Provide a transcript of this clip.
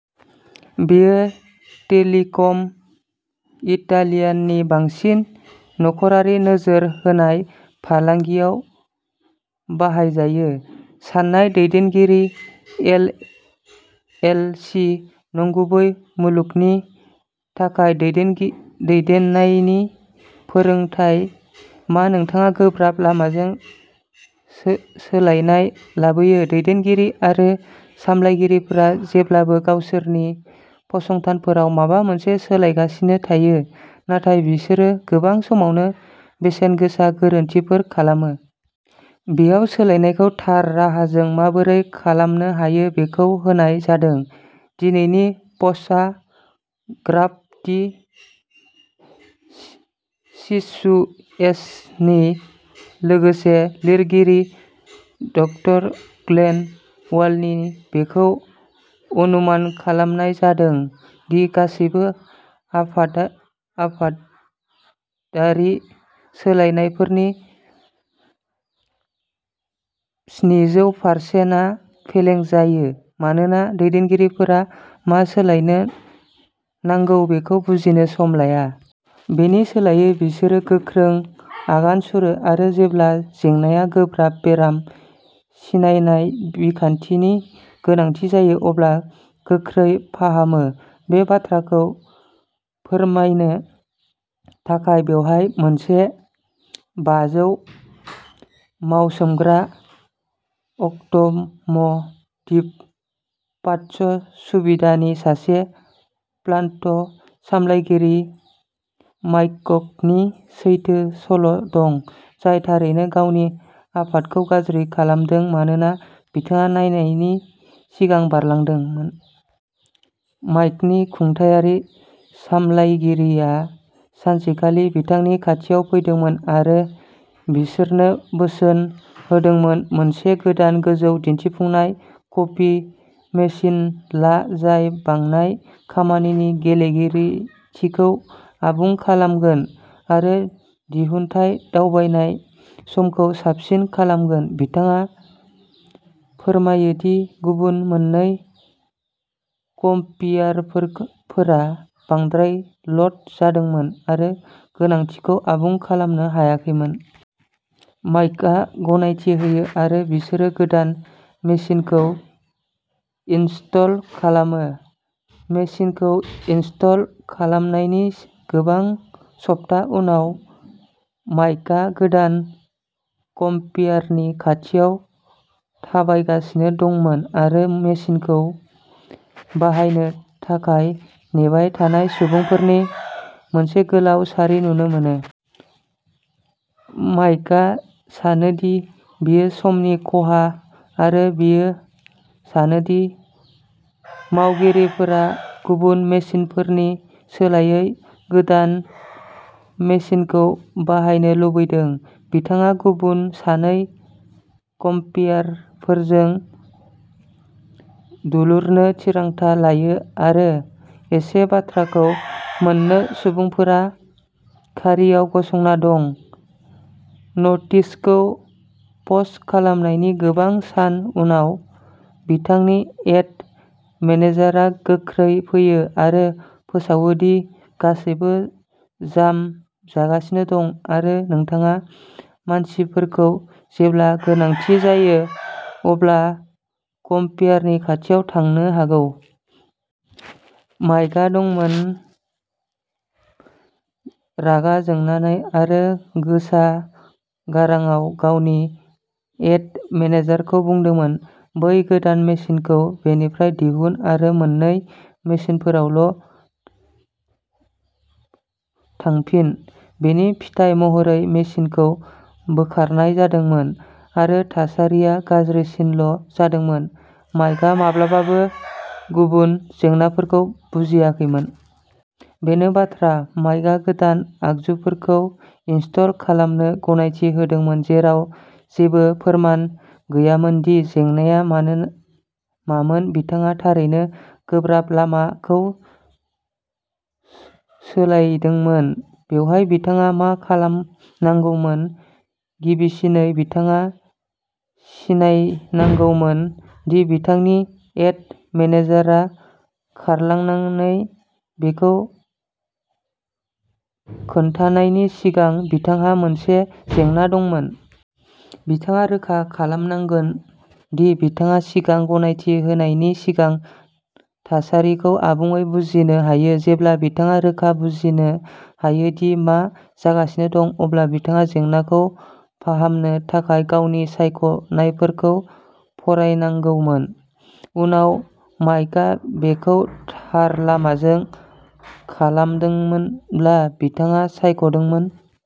बेयो टेलिकम इटालियानि बांसिन नखरारि नोजोर होनाय फालांगियाव बाहायजायो। साननाय-दैदेनगिरि, एल. एल. सि.: नंगुबै मुलुगनि थाखाय दैदेननायनि फोरोंथाय "मा नोंथाङा गोब्राब लामाजों सोलायनाय लाबोयो? दैदेनगिरि आरो सामलायगिरिफोरा जेब्लाबो गावसोरनि फसंथानफोराव माबा मोनसे सोलायगासिनो थायो, नाथाय बिसोरो गोबां समावनो बेसेन गोसा गोरोन्थिफोर खालामो। बेयाव सोलायनायखौ थार राहाजों माबोरै खालामनो हायो बेखौ होनाय जादों। दिनैनि पस्टआ ग्रास्प दि सिचुएसननि लोगो-लिरगिरि ड. ग्लेन वार्नीनि। बेखौ अनुमान खालामनाय जादों दि गासिबो आफादारि सोलायनायफोरनि स्निजौ फारसेन्थआ फेलें जायो मानोना दैदेनगिरिफोरा मा सोलायनो नांगौ बेखौ बुजिनो सम लाया। बेनि सोलायै, बिसोरो गोख्रों आगान सुरो आरो जेब्ला जेंनाया गोब्राब बेराम सिनायनाय बिखान्थिनि गोनांथि जायो अब्ला गोख्रै फाहामो। बे बाथ्राखौ फोरमायनो थाखाय बेवहाय मोनसे बाजौ मावसोमग्रा अट'म'टिभ पार्ट्स सुबिदानि सासे प्लान्ट सामलायगिरि, माइकनि सैथो सल'दं, जाय थारैनो गावनि आफादखौ गाज्रि खालामदों मानोना बिथाङा नायनायनि सिगां बारलांदोंमोन। माइकनि खुंथायारि सामलायगिरिया सानसेखालि बिथांनि खाथियाव फैदोंमोन आरो बिसोरनो बोसोन होदोंमोन। मोनसे गोदान गोजौ दिन्थिफुंनाय कपि मेसिन ला, जाय "बांनाय खामानिनि गेलेगिरिथिखौ आबुं खालामगोन" आरो दिहुनथाय दबथायनाय समखौ साबसिन खालामगोन। बिथाङा फोरमायो दि गुबुन मोन्नै कपियारफोरा "बांद्राय ल'ड" जादोंमोन आरो गोनांथिखौ आबुं खालामनो हायाखैमोन। माइकआ गनायथि होयो आरो बिसोरो गोदान मेसिनखौ इनस्टल खालामो। मेसिनखौ इनस्टल खालामनायनि गोबां सप्ता उनाव माइकआ गोदान कपियारनि खाथियाव थाबायगासिनो दंमोन आरो मेसिनखौ बाहायनो थाखाय नेबाय थानाय सुबुंफोरनि मोनसे गोलाव सारि नुनो मोनो। माइकआ सानोदि बेयो समनि खहा आरो बियो सानोदि मावगिरिफोरा गुबुन मेसिनफोरनि सोलायै गोदान मेशिनखौ बाहायनो लुबैदों। बिथाङा गुबुन सानै कमपियारफोरजों दुलुरनो थिरांथा लायो आरो एसे बाथ्राखौ मोनो, सुबुंफोरा सारियाव गसंना दं। नटिसखौ पस्ट खालामनायनि गोबां सान उनाव बिथांनि एड मेनेजारआ गोख्रै फैयो आरो फोसावो दि "गासैबो जाम जागासिनो दं" आरो "नोंथाङा मानसिफोरखौ जेब्ला गोनांथि जायो अब्ला कमपियारनि खाथियाव थांनो होनांगौ।" माइकआ दंमोन। रागा जोंनानै आरो गोसा गारांआव गावनि एड मेनेजारखौ बुंदोंमोन "बै गोदान मेसिनखौ बेनिफ्राय दिहुन आरो मोननै मेसिनफोरावल'थांफिन।" बिनि फिथाय महरै मेसिनखौ बोखारनाय जादोंमोन आरो थासारिया गाज्रिसिनल'जादोंमोन। माइकआ माब्लाबाबो गुबै जेंनाखौ बुजियाखैमोन। बेनो बाथ्रा माइकआ गोदान आगजुफोरखौ इनस्टल खालामनो गनायथि होदोंमोन, जेराव जेबो फोरमान गैयामोन दि जेंनाआ मामोन। बिथाङा थारैनो "गोब्राब लामा" खौ सोलायदोंमोन। बेवहाय बिथाङा मा खालामनांगौमोन। गिबिसिनै बिथाङा सिनायनांगौमोन दि बिथांनि एड मेनेजारआ खारलांनानै बेखौ खोन्थानायनि सिगां बिथांहा मोनसे जेंना दंमोन। बिथाङा रोखा खालामनांगोन दि बिथाङा सिगां गनायथि होनायनि सिगां थासारिखौ आबुङै बुजिनो हायो। जेब्ला बिथाङा रोखा बुजिनो हायो दि मा जागासिनो दं, अब्ला बिथाङा जेंनाखौ फाहामनो थाखाय गावनि सायख'नायफोरखौ फरायनांगौमोन। उनाव माइकआ बेखौ थार लामाजों खालामदोंमोनब्ला बिथाङा सायख'दोंमोन।